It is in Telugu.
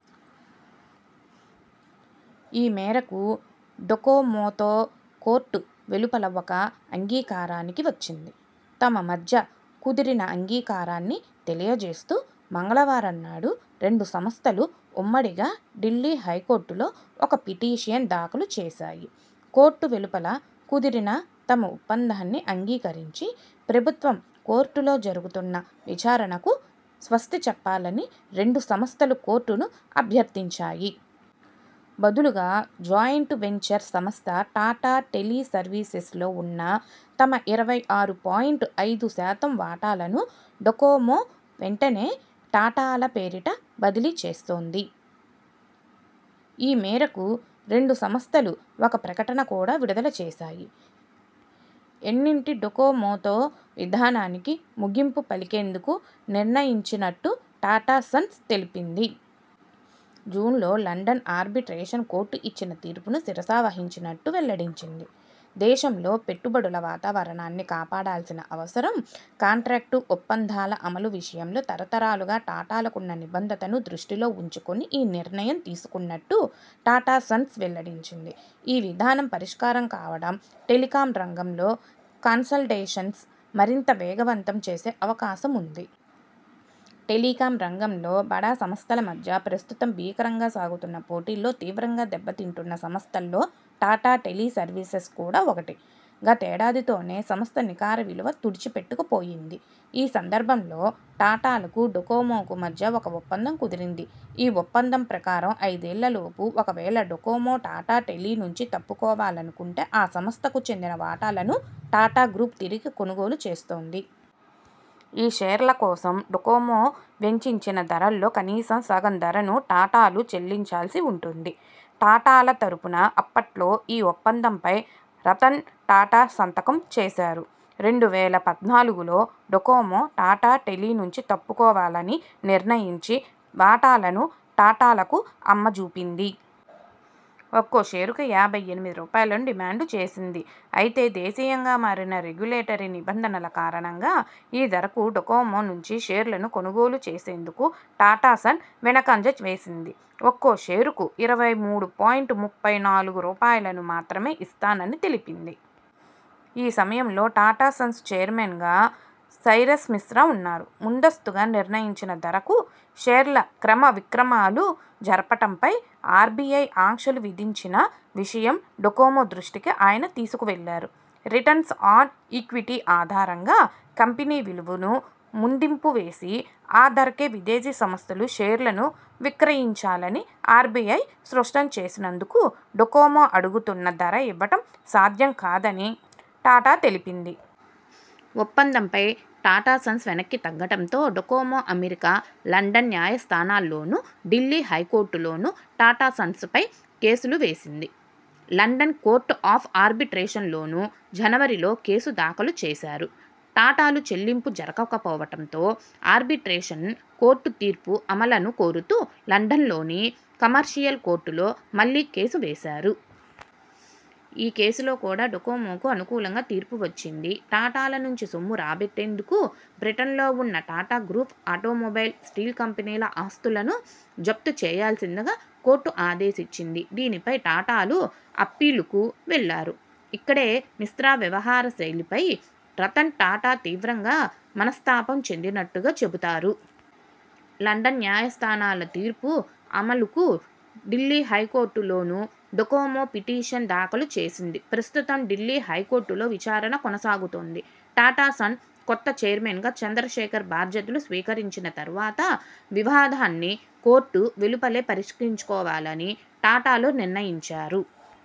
ఈ మేరకు డొకోమోతో కోర్టు వెలుపల ఒక అంగీకారానికి వచ్చింది. తమ మధ్య కుదిరిన అంగీకారాన్ని తెలియజేస్తూ, మంగళవారం నాడు రెండు సంస్థలు ఉమ్మడిగా ఢిల్లీ హైకోర్టులో ఒక పిటిషన్ దాఖలు చేశాయి. కోర్టు వెలుపల కుదిరిన తమ ఒప్పందాన్ని అంగీకరించి, ప్రస్తుతం కోర్టులో జరుగుతున్న విచారణకు స్వస్తిచెప్పాలని రెండు సంస్థలూ కోర్టును అభ్యర్ధించాయి. బదులుగా జాయింట్ వెంచర్ సంస్థ టాటా టెలిసర్వీసెస్ లో ఉన్న తమ ఇరవై ఆరు పాయింట్ ఐదు శాతం వాటాలను డొకోమో వెంటనే టాటాల పేరిట బదిలీ చేస్తుంది. ఈ మేరకు రెండు సంస్థలు ఒక ప్రకటన కూడా విడుదల చేశాయి. ఎన్టిటి డొకోమోతో వివాదానికి ముగింపు పలికేందుకు నిర్ణయించినట్టు టాటా సన్స్ తెలిపింది. జూన్లో లండన్ ఆర్బిట్రేషన్ కోర్టు ఇచ్చిన తీర్పును శిరసావహించనున్నట్టు వెల్లడించింది. దేశంలో పెట్టుబడుల వాతావరణాన్ని కాపాడాల్సిన అవసరం, కాంట్రాక్టు ఒప్పందాల అమలు విషయంలో తరతరాలుగా టాటాలకున్న నిబద్ధతను దృష్టిలో ఉంచుకొని ఈ నిర్ణయం తీసుకున్నట్టు టాటా సన్స్ వెల్లడించింది. ఈ వివాదం పరిష్కారం కావడం టెలికామ్ రంగంలో కన్సాలిడేషన్ను మరింత వేగవంతం చేసే అవకాశముంది. టెలికామ్ రంగంలో బడా సంస్థల మధ్య ప్రస్తుతం భీకరంగా సాగుతున్న పోటీలో తీవ్రంగా దెబ్బతింటున్న సంస్థల్లో టాటా టెలిసర్వీసెస్ కూడా ఒకటి. గతేడాదితోనే సంస్థ నికరవిలువ తుడిచిపెట్టుకుపోయింది. ఈ సందర్భంగా టాటాలకు డొకోమోకు మధ్య ఒక ఒప్పందం కుదిరింది. ఈ ఒప్పందం ప్రకారం ఐదేళ్లలోపు ఒకవేళ డొకోమో టాటా టెలి నుంచి తప్పుకోవాలనుకుంటే ఆ సంస్థకు చెందిన వాటాలను టాటా గ్రూప్ తిరిగి కొనుగోలు చేస్తుంది. ఈ షేర్ల కోసం డొకోమో వెచ్చించిన ధరలో కనీసం సగం ధరను టాటాలు చెల్లించాల్సి ఉంటుంది. టాటాల తరఫున అప్పట్లో ఈ ఒప్పందంపై రతన్ టాటా సంతకం చేశారు. రెండు వేల పద్నాలుగులో డొకోమో టాటా టెలి నుంచి తప్పుకోవాలని నిర్ణయించి, వాటాలను టాటాలకు అమ్మజూపింది. ఒక్కో షేరుకు యాభై ఎనిమిది రూపాయలను డిమాండ్ చేసింది. అయితే, దేశీయంగా మారిన రెగ్యులేటరీ నిబంధనల కారణంగా, ఈ ధరకు డొకోమో నుంచి షేర్లను కొనుగోలు చేసేందుకు టాటా సన్స్ వెనకంజ వేసింది. ఒక్కో షేరుకు ఇరవై మూడు పాయింట్ ముప్పై నాలుగు రూపాయలను మాత్రమే ఇస్తామని తెలిపింది. ఈ సమయంలో టాటా సన్స్ చైర్మన్గా సైరస్ మిస్త్ర ఉన్నారు. ముందస్తుగా నిర్ణయించిన ధరకు షేర్ల క్రయవిక్రయాలు జరపడంపై ఆర్బిఐ ఆంక్షలు విధించిన విషయం డొకోమో దృష్టికి ఆయన తీసుకెళ్లారు. రిటర్న్ ఆన్ ఈక్విటీ ఆధారంగా కంపెనీ విలువను మదింపువేసి ఆ ధరకే విదేశీ సంస్థలు షేర్లను విక్రయించాలని ఆర్బిఐ స్పష్టం చేసినందున డొకోమో అడుగుతున్న ధర ఇవ్వడం సాధ్యం కాదని టాటా తెలిపింది. ఒప్పందంపై టాటా సన్స్ వెనక్కితగ్గడంతో, డొకోమో అమెరికా, లండన్ న్యాయస్థానాల్లోనూ ఢిల్లీ హై కోర్టులోనూ టాటా సన్స్ పై కేసులు వేసింది. లండన్ కోర్ట్ ఆఫ్ ఆర్బిట్రేషన్లోనూ జనవరిలో కేసు దాఖలు చేశారు. టాటాలు చెల్లింపులు జరపకపోవడంతో ఆర్బిట్రేషన్ కోర్టు తీర్పు అమలును కోరుతూ లండన్లోని కమర్షియల్ కోర్టులో మళ్లీ కేసు వేశారు. ఈ కేసులో కూడా డొకోమోకు అనుకూలంగా తీర్పు వచ్చింది. టాటాల నుంచి సొమ్ము రాబట్టేందుకు బ్రిటన్లో ఉన్న టాటా గ్రూప్ ఆటోమొబైల్, స్టీల్ కంపెనీల ఆస్తులను జప్తు చేయాల్సిందిగా కోర్టు ఆదేశించింది. దీనిపై టాటాలు అప్పీలుకు వెళ్లారు. ఇక్కడే మిస్త్ర వ్యవహారశైలిపై రతన్ టాటా తీవ్రంగా మనస్తాపం చెందినట్టుగా చెబుతారు. లండన్ న్యాయస్థానాల తీర్పు అమలుకు ఢిల్లీ హైకోర్టులో నూ డొకోమో పిటిషన్ దాఖలు చేసింది. ప్రస్తుతం ఢిల్లీ హైకోర్టులో విచారణ కొనసాగుతోంది. టాటా సన్స్ కొత్త చైర్మన్గా చంద్రశేఖరన్ బాధ్యతలు స్వీకరించిన తర్వాత వివాదాన్ని కోర్టు వెలుపలే పరిష్కరించుకోవాలని టాటాలు నిర్ణయించారు.